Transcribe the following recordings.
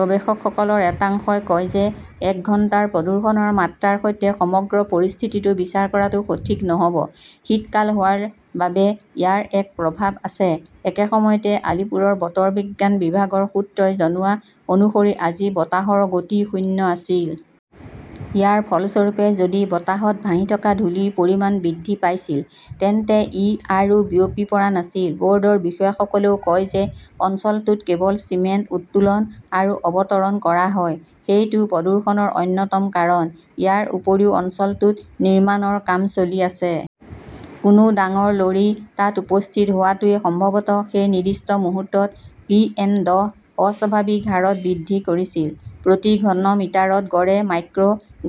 গৱেষকসকলৰ এটা অংশই কয় যে এক ঘণ্টাৰ প্ৰদূষণৰ মাত্ৰাৰ সৈতে সমগ্ৰ পৰিস্থিতিটো বিচাৰ কৰাটো সঠিক নহ 'ব। শীতকাল হোৱাৰ বাবে ইয়াৰ এক প্ৰভাৱ আছে। একে সময়তে, আলীপুৰৰ বতৰ বিজ্ঞান বিভাগৰ সূত্ৰই জনোৱা অনুসৰি আজি বতাহৰ গতি শূন্য আছিল। ইয়াৰ ফলস্বৰূপে যদি বতাহত ভাহি থকা ধূলিৰ পৰিমাণ বৃদ্ধি পাইছিল, তেন্তে ই আৰু বিয়পি পৰা নাছিল। ব'ৰ্ডৰ বিষয়াসকলেও কয় যে অঞ্চলটোত কেৱল চিমেণ্ট উত্তোলন আৰু অৱতৰণ কৰা হয়। সেইটোও প্ৰদূষণৰ অন্যতম কাৰণ। ইয়াৰ উপৰিও অঞ্চলটোত নিৰ্মাণৰ কাম চলি আছে। কোনো ডাঙৰ লৰী তাত উপস্থিত হোৱাটোৱে সম্ভৱতঃ সেই নিৰ্দিষ্ট মুহূৰ্তত পিএম দহ অস্বাভাৱিক হাৰত বৃদ্ধি কৰিছিল। প্ৰতি ঘনমিটাৰত গড়ে মাইক্ৰ"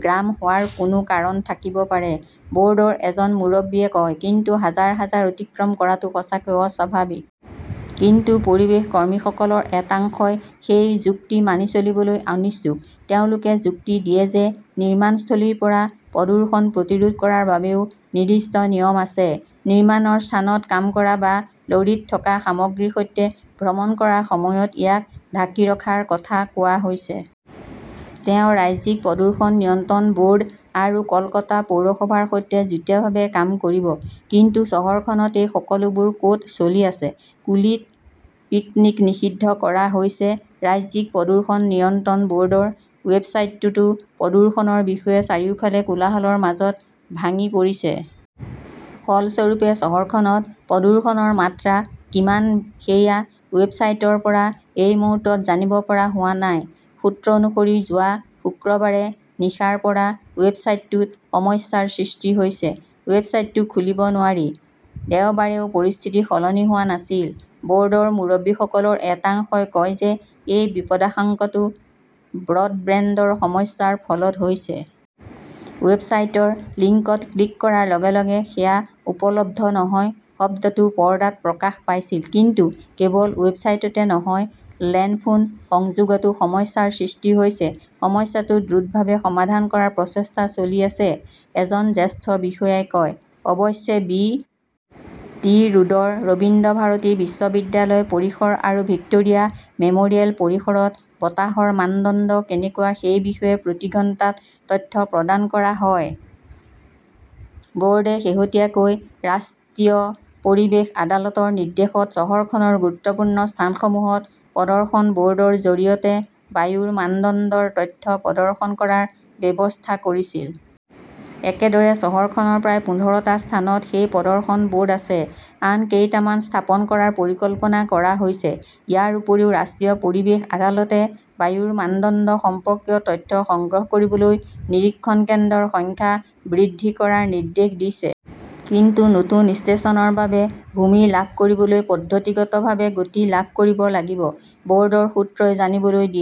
গ্ৰাম হোৱাৰ কোনো কাৰণ থাকিব পাৰে, ব'ৰ্ডৰ এজন মুৰব্বীয়ে কয়। কিন্তু হাজাৰ হাজাৰ অতিক্ৰম কৰাটো সঁচাকৈয়ে অস্বাভাৱিক। কিন্তু পৰিৱেশ কৰ্মীসকলৰ এটা অংশই সেই যুক্তি মানি চলিবলৈ অনিচ্ছুক। তেওঁলোকে যুক্তি দিয়ে যে নিৰ্মাণস্থলীৰ পৰা প্ৰদূষণ প্ৰতিৰোধ কৰাৰ বাবেও নিৰ্দিষ্ট নিয়ম আছে। নিৰ্মাণৰ স্থানত কাম কৰা বা লৰীত থকা সামগ্ৰীৰ সৈতে ভ্ৰমণ কৰাৰ সময়ত ইয়াক ঢাকি ৰখাৰ কথা কোৱা হৈছে। তেওঁ ৰাজ্যিক প্ৰদূষণ নিয়ন্ত্ৰণ ব'ৰ্ড আৰু কলকাতা পৌৰসভাৰ সৈতে যুটীয়াভাৱে কাম কৰিব। কিন্তু চহৰখনত এই সকলোবোৰ ক'ত চলি আছে? কুলীত পিকনিক নিষিদ্ধ কৰা হৈছে ৰাজ্যিক প্ৰদূষণ নিয়ন্ত্ৰণ ব'ৰ্ডৰ ৱেবছাইটটো প্ৰদূষণৰ বিষয়ে চাৰিওফালে কোলাহলৰ মাজত ভাঙি পৰিছে! ফলস্বৰূপে, চহৰখনত প্ৰদূষণৰ মাত্ৰা কিমান সেয়া ৱেবছাইটৰ পৰা এই মুহূৰ্তত জানিব পৰা হোৱা নাই। সূত্ৰ অনুসৰি যোৱা শুক্ৰবাৰে নিশাৰ পৰা ৱেবছাইটটোত সমস্যাৰ সৃষ্টি হৈছে। ৱেবছাইটটো খুলিব নোৱাৰি। দেওবাৰেও পৰিস্থিতি সলনি হোৱা নাছিল। ব'ৰ্ডৰ মুৰব্বীসকলৰ এটা অংশই কয় যে এই বিপদাশংকাটো ব্ৰডবেণ্ডৰ সমস্যাৰ ফলত হৈছে। ৱেবছাইটৰ লিংকত ক্লিক কৰাৰ লগে লগে 'সেৱা উপলব্ধ নহয়'শব্দটো পৰ্দাত প্ৰকাশ পাইছিল। কিন্তু কেৱল ৱেবছাইটতে নহয়, লেণ্ডফোন সংযোগতো সমস্যাৰ সৃষ্টি হৈছে। সমস্যাটো দ্ৰুতভাৱে সমাধান কৰাৰ প্ৰচেষ্টা চলি আছে, এজন জ্যেষ্ঠ বিষয়াই কয়। অৱশ্যে, বি. টি. ৰোডৰ ৰবীন্দ্ৰভাৰতী বিশ্ববিদ্যালয় পৰিসৰ আৰু ভিক্টোৰিয়া মেম'ৰিয়েল পৰিসৰত বতাহৰ মানদণ্ড কেনেকুৱা সেই বিষয়ে প্ৰতি ঘণ্টাত তথ্য প্ৰদান কৰা হয়। ব'ৰ্ডে শেহতীয়াকৈ ৰাষ্ট্ৰীয় পৰিৱেশ আদালতৰ নিৰ্দেশত চহৰখনৰ গুৰুত্বপূৰ্ণ স্থানসমূহত প্ৰদৰ্শন ব'ৰ্ড ৰ জৰিয়তে বায়ুৰ মানদণ্ডৰ তথ্য প্ৰদৰ্শন কৰাৰ ব্যৱস্থা কৰিছিল। একেদৰে, চহৰখনৰ প্ৰায় পোন্ধৰ টা স্থানত সেই 'প্ৰদৰ্শন ব'ৰ্ড' আছে। আন কেইটামান স্থাপন কৰাৰ পৰিকল্পনা কৰা হৈছে। ইয়াৰ উপৰিও ৰাষ্ট্ৰীয় পৰিৱেশ আদালতে বায়ুৰ মানদণ্ড সম্পৰ্কীয় তথ্য সংগ্ৰহ কৰিবলৈ নিৰীক্ষণ কেন্দ্ৰৰ সংখ্যা বৃদ্ধি কৰাৰ নিৰ্দেশ দিছে। কিন্তু নতুন ষ্টেচনৰ বাবে ভূমি লাভ কৰিবলৈ পদ্ধতিগতভাৱে গতি লাভ কৰিব লাগিব, ব'ৰ্ডৰ সূত্ৰই জানিবলৈ দিয়ে।